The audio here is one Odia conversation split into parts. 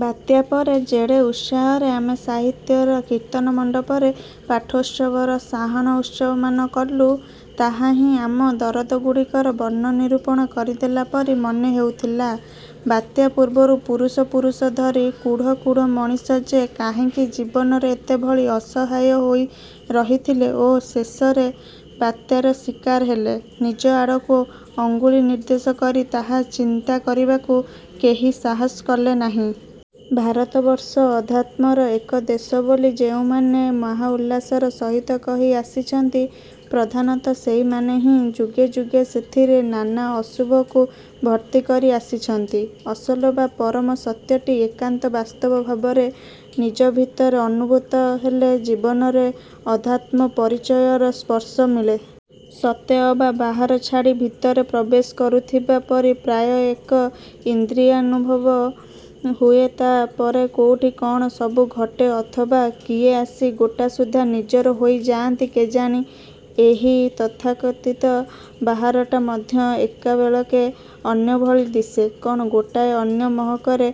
ବାତ୍ୟା ପରେ ଯେଡ଼େ ଉତ୍ସାହରେ ଆମେ ସାହିତ୍ୟର କୀର୍ତ୍ତନମଣ୍ଡପରେ ପାଠୋତ୍ସବର ସାହାଣ ଉତ୍ସବମାନ କଲୁ, ତାହା ହିଁ ଆମ ଦରଦଗୁଡ଼ିକର ବର୍ଣ୍ଣ ନିରୂପଣ କରିଦେଲା ପରି ମନେ ହେଉଥିଲା। ବାତ୍ୟା ପୂର୍ବରୁ ପୁରୁଷ ପୁରୁଷ ଧରି କୁଢ଼ କୁଢ଼ ମଣିଷ ଯେ କାହିଁକି ଜୀବନରେ ଏତେ ଭଳି ଅସହାୟ ହୋଇ ରହିଥିଲେ ଓ ଶେଷରେ ବାତ୍ୟାର ଶିକାର ହେଲେ, ନିଜ ଆଡ଼କୁ ଅଙ୍ଗୁଳି ନିର୍ଦ୍ଦେଶ କରି ତାହା ଚିନ୍ତା କରିବାକୁ କେହି ସାହସ କଲେନାହିଁ। ଭାରତବର୍ଷ ଅଧ୍ୟାତ୍ମର ଏକ ଦେଶ ବୋଲି ଯେଉଁମାନେ ମହାଉଲ୍ଲାସର ସହିତ କହି ଆସିଛନ୍ତି ,ପ୍ରଧାନତଃ ସେହିମାନେ ହିଁ ଯୁଗେ ଯୁଗେ ସେଥିରେ ନାନା ଅଶୁଭକୁ ଭର୍ତ୍ତି କରି ଆସିଛନ୍ତି। ଅସଲ ବା ପରମ ସତ୍ୟଟି ଏକାନ୍ତ ବାସ୍ତବ ଭାବରେ ନିଜ ଭିତରେ ଅନୁଭୂତ ହେଲେ ଜୀବନରେ ଅଧ୍ୟାତ୍ମ ପରିଚୟର ସ୍ପର୍ଶ ମିଳେ। ସତେଅବା ବାହାର ଛାଡ଼ି ଭିତରେ ପ୍ରବେଶ କରୁଥିବା ପରି ପ୍ରାୟ ଏକ ଇନ୍ଦ୍ରିୟାନୁଭବ ହୁଏ ତା' ପରେ କୋଉଠି କ'ଣ ସବୁ ଘଟେ ଅଥବା କିଏ ଆସି ଗୋଟାସୁଦ୍ଧା ନିଜର ହୋଇଯାଆନ୍ତି କେଜାଣି, ଏହି ତଥାକଥିତ ବାହାରଟା ମଧ୍ୟ ଏକାବେଳେକେ ଅନ୍ୟ ଭଳି ଦିଶେ, କ'ଣ ଗୋଟାଏ ଅନ୍ୟ ମହକରେ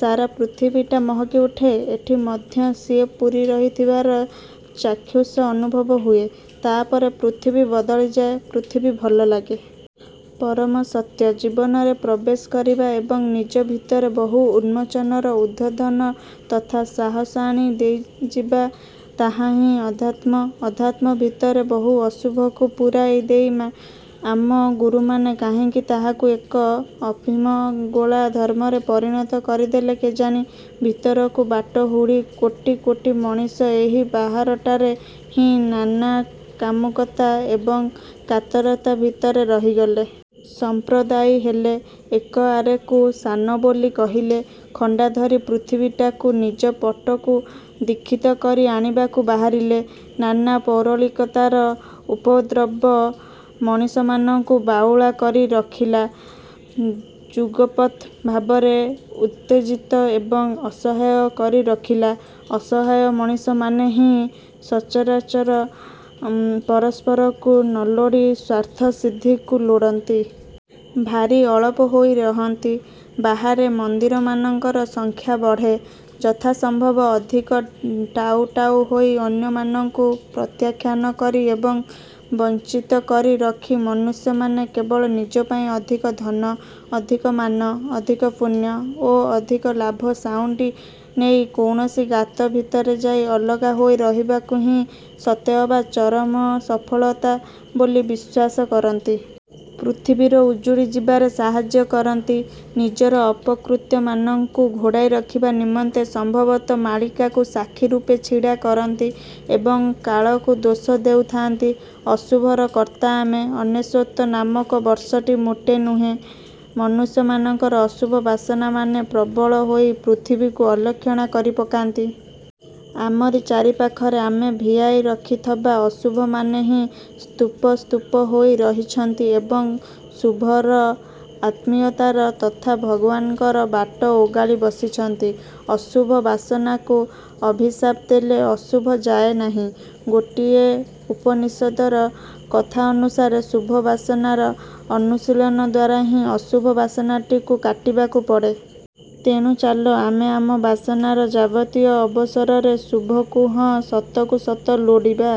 ସାରା ପୃଥିବୀଟା ମହକି ଉଠେ, ଏଠି ମଧ୍ୟ ସିଏ ପୂରି ରହିଥିବାର ଚାକ୍ଷୁଷ ଅନୁଭବ ହୁଏ, ତା'ପରେ ପୃଥିବୀ ବଦଳିଯାଏ, ପୃଥିବୀ ଭଲ ଲାଗେ। ପରମସତ୍ୟ ଜୀବନରେ ପ୍ରବେଶ କରିବା ଏବଂ ନିଜ ଭିତରେ ବହୁ ଉନ୍ମୋଚନର ଉଦ୍ବୋଧନ ତଥା ସାହସ ଆଣି ଦେଇଯିବା, ତାହାହିଁ ଅଧ୍ୟାତ୍ମ। ଅଧ୍ୟାତ୍ମ ଭିତରେ ବହୁ ଅଶୁଭକୁ ପୂରାଇ ଦେଇ ଆମ ଗୁରୁମାନେ କାହିଁକି ତାହାକୁ ଏକ ଅଫିମଗୋଳା ଧର୍ମରେ ପରିଣତ କରିଦେଲେ କେଜାଣି। ଭିତରକୁ ବାଟ ହୁଡ଼ି କୋଟି କୋଟି ମଣିଷ ଏହି ବାହାରଟାରେ ହିଁ ନାନା କାମୁକତା ଏବଂ କାତରତା ଭିତରେ ରହିଗଲେ। ସମ୍ପ୍ରଦାୟୀ ହେଲେ, ଏକ ଆରେକୁ ସାନ ବୋଲି କହିଲେ, ଖଣ୍ଡା ଧରି ପୃଥିବୀଟାକୁ ନିଜ ପଟକୁ ଦୀକ୍ଷିତ କରି ଆଣିବାକୁ ବାହାରିଲେ। ନାନା ପୌରଳିକତାର ଉପଦ୍ରବ ମଣିଷମାନଙ୍କୁ ବାଉଳା କରି ରଖିଲା। ଯୁଗପତ୍ ଭାବରେ ଉତ୍ତେଜିତ ଏବଂ ଅସହାୟ କରି ରଖିଲା। ଅସହାୟ ମଣିଷମାନେ ହିଁ ସଚରାଚର ପରସ୍ପରକୁ ନଲୋଡ଼ି ସ୍ଵାର୍ଥସିଦ୍ଧିକୁ ଲୋଡ଼ନ୍ତି। ଭାରି ଅଳପ ହୋଇ ରହନ୍ତି। ବାହାରେ ମନ୍ଦିରମାନଙ୍କର ସଂଖ୍ୟା ବଢ଼େ, ଯଥାସମ୍ଭବ ଅଧିକ ଟାଉ ଟାଉ ହୋଇ ଅନ୍ୟମାନଙ୍କୁ ପ୍ରତ୍ୟାଖ୍ୟାନ କରି ଏବଂ ବଂଚିତ କରି ରଖି ମନୁଷ୍ୟମାନେ କେବଳ ନିଜ ପାଇଁ ଅଧିକ ଧନ, ଅଧିକ ମାନ, ଅଧିକ ପୁଣ୍ୟ ଓ ଅଧିକ ଲାଭ ସାଉଁଟି ନେଇ କୌଣସି ଗାତ ଭିତରେ ଯାଇ ଅଲଗା ହୋଇ ରହିବାକୁ ହିଁ ସତେଅବା ଚରମ ସଫଳତା ବୋଲି ବିଶ୍ୱାସ କରନ୍ତି। ପୃଥିବୀର ଉଜୁଡ଼ି ଯିବାରେ ସାହାଯ୍ୟ କରନ୍ତି। ନିଜର ଅପକୃତ୍ୟମାନଙ୍କୁ ଘୋଡ଼ାଇ ରଖିବା ନିମନ୍ତେ ସମ୍ଭବତଃ ମାଳିକାକୁ ସାକ୍ଷୀ ରୂପେ ଛିଡ଼ା କରନ୍ତି ଏବଂ କାଳକୁ ଦୋଷ ଦେଉଥାନ୍ତି। ଅଶୁଭର କର୍ତ୍ତା ଆମେ, ଅନେଶ୍ୱତ ନାମକ ବର୍ଷଟି ମୋଟେ ନୁହେଁ। ମନୁଷ୍ୟମାନଙ୍କର ଅଶୁଭ ବାସନାମାନେ ପ୍ରବଳ ହୋଇ ପୃଥିବୀକୁ ଅଲକ୍ଷଣା କରି ପକାନ୍ତି। ଆମରି ଚାରିପାଖରେ ଆମେ ଭିଆଇ ରଖିଥବା ଅଶୁଭମାନେ ହିଁ ସ୍ତୂପ ସ୍ତୂପ ହୋଇ ରହିଛନ୍ତି ଏବଂ ଶୁଭର, ଆତ୍ମୀୟତାର ତଥା ଭଗବାନଙ୍କର ବାଟ ଓଗାଳି ବସିଛନ୍ତି। ଅଶୁଭ ବାସନାକୁ ଅଭିଶାପ ଦେଲେ ଅଶୁଭ ଯାଏନାହିଁ। ଗୋଟିଏ ଉପନିଷଦର କଥା ଅନୁସାରେ, ଶୁଭ ବାସନାର ଅନୁଶୀଳନ ଦ୍ୱାରା ହିଁ ଅଶୁଭ ବାସନାଟିକୁ କାଟିବାକୁ ପଡ଼େ। ତେଣୁ, ଚାଲ ଆମେ ଆମ ବାସନାର ଯାବତୀୟ ଅବସରରେ ଶୁଭକୁ ହଁ ସତକୁ ସତ ଲୋଡ଼ିବା।